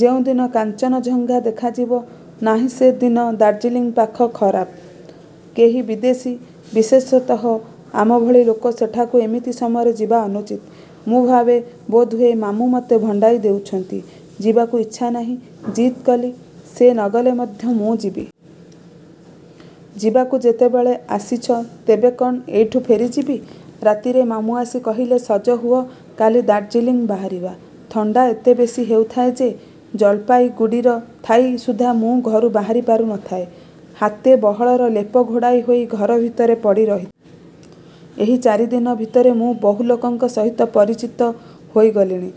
ଯେଉଁଦିନ କାଞ୍ଚନଜଙ୍ଘା ଦେଖାଯିବ। ନାହିଁ ସେ ଦିନ ଦାର୍ଜିଲିଂ ପାଖ ଖରାପ। କେହି ବିଦେଶୀ ବିଶେଷତଃ ଆମ ଭଳି ଲୋକ ସେଠାକୁ ଏମିତି ସମୟରେ ଯିବା ଅନୁଚିତ। ମୁଁ ଭାବେ ବୋଧହୁଏ ମାମୁଁ ମତେ ଭଣ୍ଡେଇ ଦେଉଛନ୍ତି। ଯିବାକୁ ଇଚ୍ଛା ନାହିଁ। ଜିଦ୍ କଲି, ସେ ନ ଗଲେ ମଧ୍ୟ ମୁଁ ଯିବି। ଯିବାକୁ ଯେତେବେଳେ ଆସିଛ ତେବେ କଣ ଏଇଠୁ ଫେରିଯିବି? ରାତିରେ ମାମୁଁ ଆସି କହିଲେ–ସଜ ହୁଅ, କାଲି ଦାର୍ଜିଲିଂ ବାହାରିବା। ଥଣ୍ଡା ଏତେ ବେଶୀ ହେଉଥାଏ ଯେ ଜଳପାଇଗୁଡ଼ିର ଥାଇ ସୁଦ୍ଧା ମୁଁ ଘରୁ ବାହାରି ପାରୁନଥାଏ। ହାତେ ବହଳର ଲେପ ଘୋଡ଼େଇ ହୋଇ ଘର ଭିତରେ ପଡ଼ି ରହିଥାଏ। ଏହି ଚାରିଦିନ ଭିତରେ ମୁଁ ବହୁ ଲୋକଙ୍କ ସହିତ ପରିଚିତ ହୋଇଗଲିଣି।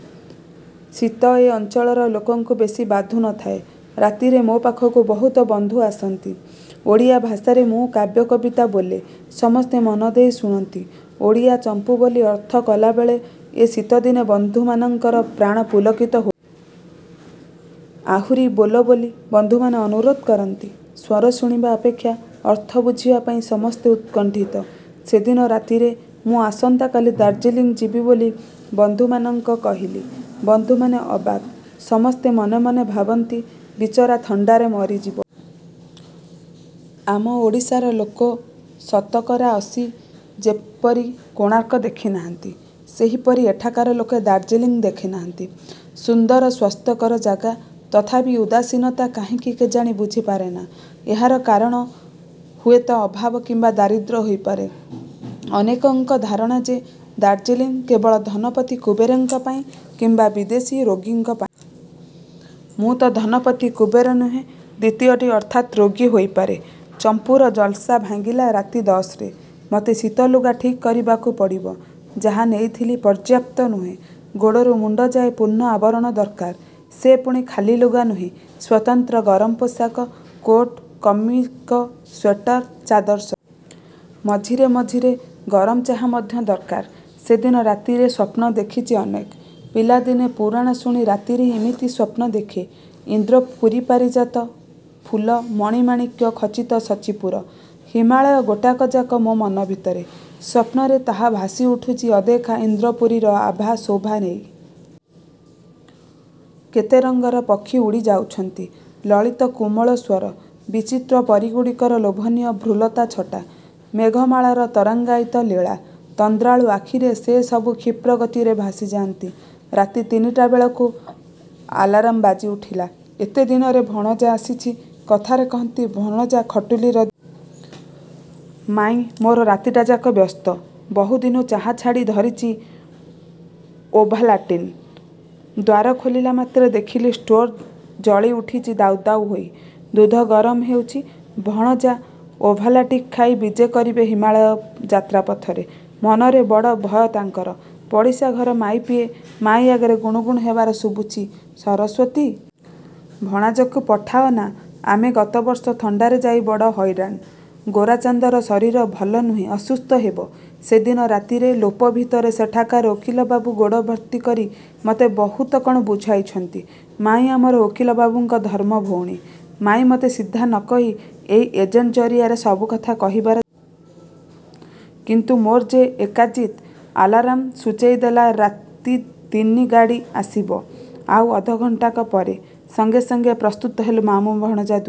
ଶୀତ ଏ ଅଞ୍ଚଳର ଲୋକଙ୍କୁ ବେଶୀ ବାଧୁ ନ ଥାଏ। ରାତିରେ ମୋ ପାଖକୁ ବହୁତ ବନ୍ଧୁ ଆସନ୍ତି। ଓଡ଼ିଆ ଭାଷାରେ ମୁଁ କାବ୍ୟ କବିତା ବୋଲେ। ସମସ୍ତେ ମନଦେଇ ଶୁଣନ୍ତି। ଓଡ଼ିଆ ଚମ୍ପୁ ବୋଲି ଅର୍ଥ କଲାବେଳେ ଏ ଶୀତଦିନେ ବନ୍ଧୁମାନଙ୍କର ପ୍ରାଣ ପୁଲକିତ ହୋ। ଆହୁରି ବୋଲ ବୋଲି ବନ୍ଧୁମାନେ ଅନୁରୋଧ କରନ୍ତି-। ସ୍ୱର ଶୁଣିବା ଅପେକ୍ଷା ଅର୍ଥ ବୁଝିବା ପାଇଁ ସମସ୍ତେ ଉତ୍କଣ୍ଠିତ। ସେଦିନ ରାତିରେ ମୁଁ ଆସନ୍ତା କାଲି ଦାର୍ଜିଲିଂ ଯିବି ବୋଲି ବନ୍ଧୁମାନଙ୍କ କହିଲି। ବନ୍ଧୁମାନେ ଅବାକ୍। ସମସ୍ତେ ମନେ ମନେ ଭାବନ୍ତି, ବିଚରା ଥଣ୍ଡାରେ ମରିଯିବ। ଆମ ଓଡ଼ିଶାର ଲୋକ ଶତକରା ଅଶି ଯେପରି କୋଣାର୍କ ଦେଖି ନାହାନ୍ତି –ସେହିପରି ଏଠାକାର ଲୋକେ ଦାର୍ଜିଲିଂ ଦେଖି ନାହାନ୍ତି। ସୁନ୍ଦର ସ୍ୱାସ୍ଥ୍ୟକର ଜାଗା। ତଥାପି ଉଦାସୀନତା କାହିଁକି କେଜାଣି ବୁଝି ପାରେନା-। ଏହାର କାରଣ ହୁଏତ ଅଭାବ କିମ୍ବା ଦାରିଦ୍ର୍ୟ ହୋଇପାରେ। ଅନେକଙ୍କ ଧାରଣା ଯେ ଦାର୍ଜିଲିଂ କେବଳ ଧନପତି କୁବେରଙ୍କ ପାଇଁ କିମ୍ବା ବିଦେଶୀ ରୋଗୀଙ୍କ ପାଇଁ। ମୁଁ ତ ଧନପତି କୁବେର ନୁହେଁ–ଦ୍ୱିତୀୟଟି ଅର୍ଥାତ୍ ରୋଗୀ ହୋଇପାରେ। ଚମ୍ପୁର ଜଲସା ଭାଙ୍ଗିଲା ରାତି ଦଶରେ। ମତେ ଶୀତ ଲୁଗା ଠିକ୍ କରିବାକୁ ପଡ଼ିବ। ଯାହା ନେଇଥିଲି ପର୍ଯ୍ୟାପ୍ତ ନୁହେଁ। ଗୋଡ଼ରୁ ମୁଣ୍ଡ ଯାଏଁ ପୂର୍ଣ୍ଣ ଆବରଣ ଦରକାର। ସେ ପୁଣି ଖାଲି ଲୁଗା ନୁହେଁ–ସ୍ୱତନ୍ତ୍ର ଗରମ ପୋଷାକ, କୋଟ, କମିକ, ସ୍ୱେଟର, ଚାଦର ସବୁ। ମଝିରେ ମଝିରେ ଗରମ ଚାହା ମଧ୍ୟ ଦରକାର-। ସେଦିନ ରାତିରେ ସ୍ୱପ୍ନ ଦେଖଚି ଅନେକ। ପିଲାଦିନେ ପୁରାଣ ଶୁଣି ରାତିରେ ଏମିତି ସ୍ୱପ୍ନ ଦେଖେ। ଇନ୍ଦ୍ରପୁରୀ–ପାରିଜାତ ଫୁଲ–ମଣିମାଣିକ୍ୟ ଖଚିତ ସଚୀପୁର। ହିମାଳୟ ଗୋଟାକଯାକ ମୋ ମନ ଭିତରେ। ସ୍ୱପ୍ନରେ ତାହା ଭାସିଉଠୁଚି ଅଦେଖା ଇନ୍ଦ୍ରପୁରୀର ଆଭା ଶୋଭା ନେଇ। କେତେ ରଙ୍ଗର ପକ୍ଷୀ ଉଡ଼ି ଯାଉଛନ୍ତି–ଲଳିତ କୋମଳ ସ୍ୱର। ବିଚିତ୍ର ପରୀଗୁଡ଼ିକର ଲୋଭନୀୟ ଭ୍ରୁଲତା ଛଟା। ମେଘମାଳାର ତରଙ୍ଗାୟିତ ଲୀଳା। ତନ୍ଦ୍ରାଳୁ ଆଖିରେ ସେ ସବୁ କ୍ଷିପ୍ରଗତିରେ ଭାସିଯାଆନ୍ତି। ରାତି ତିନିଟା ବେଳକୁ ଆଲରାମ ବାଜି ଉଠିଲା–। ଏତେ ଦିନରେ ଭଣଜା ଆସିଚି। କଥାରେ କହନ୍ତି ଭଣଜା ଖଟୁଳିର। ମାଇଁ ମୋର ରାତିଟାଯାକ ବ୍ୟସ୍ତ। ବହୁଦିନୁ ଚାହା ଛାଡ଼ି ଧରିଚି ଓଭାଲାଟିନ୍। ଦ୍ୱାର ଖୋଲିଲା ମାତ୍ରେ ଦେଖିଲି ଷ୍ଟୋର୍ ଜଳିଉଠିଚି ଦାଉ ଦାଉ ହୋଇ। ଦୁଧ ଗରମ ହେଉଛି, ଭଣଜା ଓଭାଲଟିକ୍ ଖାଇ ବିଜେ କରିବେ ହିମାଳୟ ଯାତ୍ରାପଥରେ। ମନରେ ବଡ଼ ଭୟ ତାଙ୍କର। ପଡ଼ିଶା ଘର ମାଇପିଏ ମାଇଁ ଆଗରେ ଗୁଣୁଗୁଣୁ ହେବାର ଶୁଣିଚି–ସରସ୍ୱତୀ! ଭଣଜାକୁ ପଠାଅନା, ଆମେ ଗତବର୍ଷ ଥଣ୍ଡାରେ ଯାଇ ବଡ଼ ହଇରାଣ। ଗୋରାଚାନ୍ଦର ଶରୀର ଭଲ ନୁହେଁ–ଅସୁସ୍ଥ ହେବ। ସେଦିନ ରାତିରେ ଲୋପ ଭିତରେ ସେଠାକାର ଓକିଲବାବୁ ଗୋଡ଼ ଭର୍ତ୍ତି କରି ମତେ ବହୁତ କଣ ବୁଝେଇଛନ୍ତି–ମାଇଁ ଆମର ଓକିଲ ବାବୁଙ୍କ ଧର୍ମଭଉଣୀ। ମାଇଁ ମତେ ସିଧା ନ କହି ଏଇ ଏଜେଣ୍ଟ ଜରିଆରେ ସବୁ କଥା କହିବାର । କିନ୍ତୁ ମୋର ଯେ ଏକା ଜିଦ୍! ଆଲାରାମ ସୂଚେଇ ଦେଲା ରାତି ତିନି–ଗାଡ଼ି ଆସିବ ଆଉ ଅଧଘଣ୍ଟାକ ପରେ। ସଙ୍ଗେ ସଙ୍ଗେ ପ୍ରସ୍ତୁତ ହେଲୁ ମାମୁଁ ଭଣଜା ।